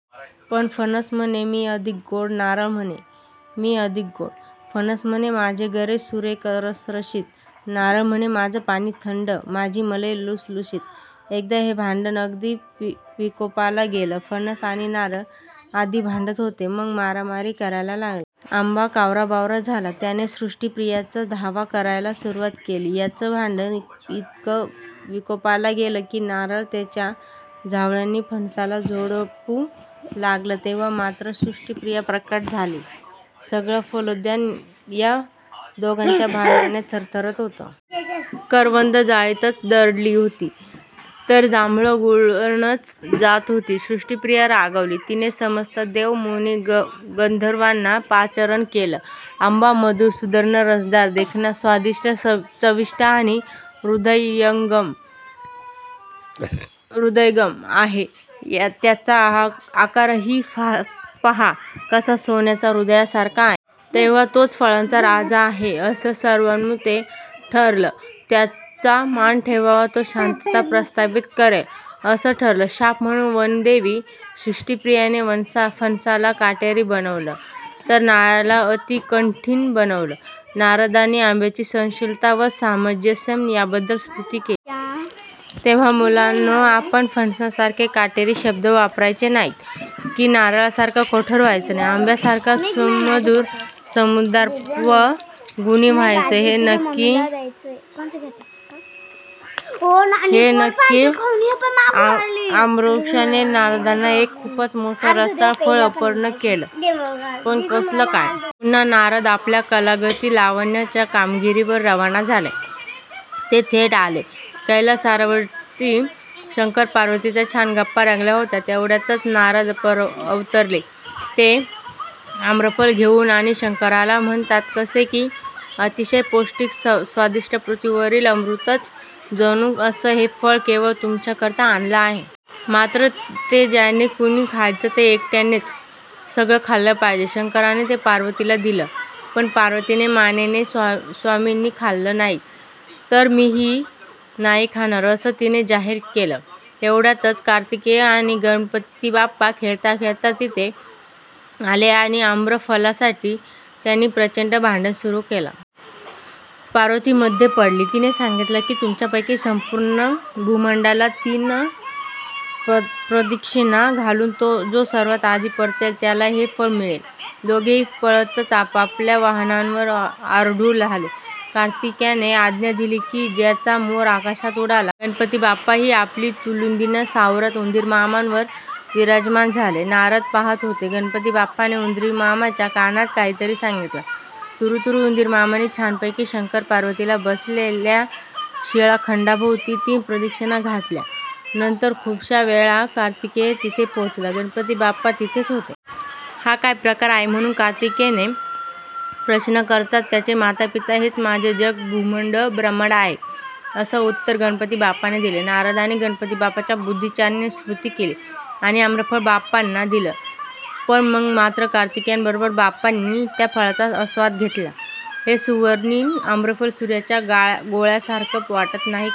पण फणस म्हणे, मी अधिक गोड! नारळ म्हणे, मी अधिक गोड! फणस म्हणे, माझे गरे सुरेख रसरशीत! नारळ म्हणे, माझं पाणी थंड, माझी मलई लुसलुशीत... एकदा हे भांडण अगदी विकोपाला गेलं. फणस आणि नारळ आधी भांडत होते, मग मारामारी करायला लागले. आंबा कावराबावरा झाला. त्याने सृष्टीप्रियाचा धावा करायला सुरुवात केली. यांचं भांडण इतकं विकोपाला गेलं की, नारळ त्याच्या झावळ्यांनी फणसाला झोडपू लागला. तेव्हा मात्र सृष्टीप्रिया प्रकट झाली. सगळं फलोद्यान या दोघांच्या भांडणाने थरथरत होतं. करवंदं जाळीतच दडली होती, तर जांभळं गळूनच जात होती. सृष्टीप्रिया रागावली. तिने समस्त देव, मुनी, गंधर्वांना पाचारण केलं. 'आंबा मधुर, सद्गुणी, रसदार, देखणा, स्वादिष्ट, चविष्ट आणि हृदयंगम आहे. त्याचा आकारही पहा कसा सोन्याच्या हृदयासारखा आहे! तेव्हा तोच फळांचा राजा आहे,' असं सर्वानुमते ठरलं. 'त्याचा मान ठेवावा, तो शांतता प्रस्थापित करेल,' असं ठरलं. शाप म्हणून वनदेवी सृष्टीप्रियाने फणसाला काटेरी बनवलं, तर नारळाला अतिकठीण बनवलं. नारदांनी आंब्याची सहनशीलता व सामंजस्य याबद्दल स्तुती केली. तेव्हा मुलांनो, आपण फणसासारखे काटेरी शब्द वापरायचे नाहीत की नारळासारखं कठोर व्हायचं नाही. आंब्यासारखं सुमधुर, समजूतदार व गुणी व्हायचं, हे नक्की! आम्रवृक्षाने नारदांना एक खूपच मोठं रसाळ फळ अर्पण केलं. पण कसलं काय? पुन्हा नारद आपल्या कलागती लावण्याच्या कामगिरीवर रवाना झाले. ते थेट आले कैलासावरती. शंकर-पार्वतीच्या छान गप्पा रंगल्या होत्या. तेवढ्यातच नारद अवतरले ते आम्रफल घेऊन आणि शंकराला म्हणतात कसे की, 'अतिशय पौष्टिक, स्वादिष्ट, पृथ्वीवरील अमृतच जणू असं हे फळ केवळ तुमच्याकरिता आणलं आहे. मात्र ते ज्याने कुणी खायचं, ते एकट्यानेच सगळं खाल्लं पाहिजे.' शंकराने ते पार्वतीला दिलं. पण पार्वती मानेना. 'स्वामींनी खाल्लं नाही, तर मीही नाही खाणार,' असं तिने जाहीर केलं. तेवढ्यातच कार्तिकेय आणि गणपतीबाप्पा खेळता-खेळता तिथे आले आणि आम्रफलासाठी त्यांनी प्रचंड भांडण सुरू केलं. पार्वती मध्ये पडली. तिने सांगितलं की, 'तुमच्यापैकी संपूर्ण भूमंडलाला तीन प्रदक्षिणा घालून जो सर्वात आधी परतेल, त्याला हे फळ मिळेल.' दोघेही पळतच आपापल्या वाहनांवर आरूढ झाले. कार्तिकेयाने आज्ञा दिली आणि त्याचा मोर आकाशात उडाला. गणपतीबाप्पाही आपली तुंदीलतनू सावरत उंदीरमामांवर विराजमान झाले. नारद पाहत होते. गणपतीबाप्पांनी उंदीरमामांच्या कानात काहीतरी सांगितलं. तुरुतुरु उंदीरमामांनी छानपैकी शंकर-पार्वती बसलेल्या शिळाखंडाभोवती तीन प्रदक्षिणा घातल्या. नंतर खूपशा वेळाने कार्तिकेय तिथे पोहोचले. गणपतीबाप्पा तिथेच होते. 'हा काय प्रकार आहे?' म्हणून कार्तिकेयांनी प्रश्न करताच, 'माझे माता-पिता हेच माझे जग, भूमण्डल, ब्रह्मांड आहे,' असं उत्तर गणपतीबाप्पांनी दिलं. नारदांनी गणपतीबाप्पांच्या बुद्धीचातुर्याची स्तुती केली आणि आम्रफळ बाप्पांना दिलं. पण मग मात्र कार्तिकेयांबरोबर बाप्पांनी त्या फळाचा आस्वाद घेतला. हे सुवर्णवर्णी आम्रफल सूर्याच्या गोळ्यासारखं वाटतं, नाही का?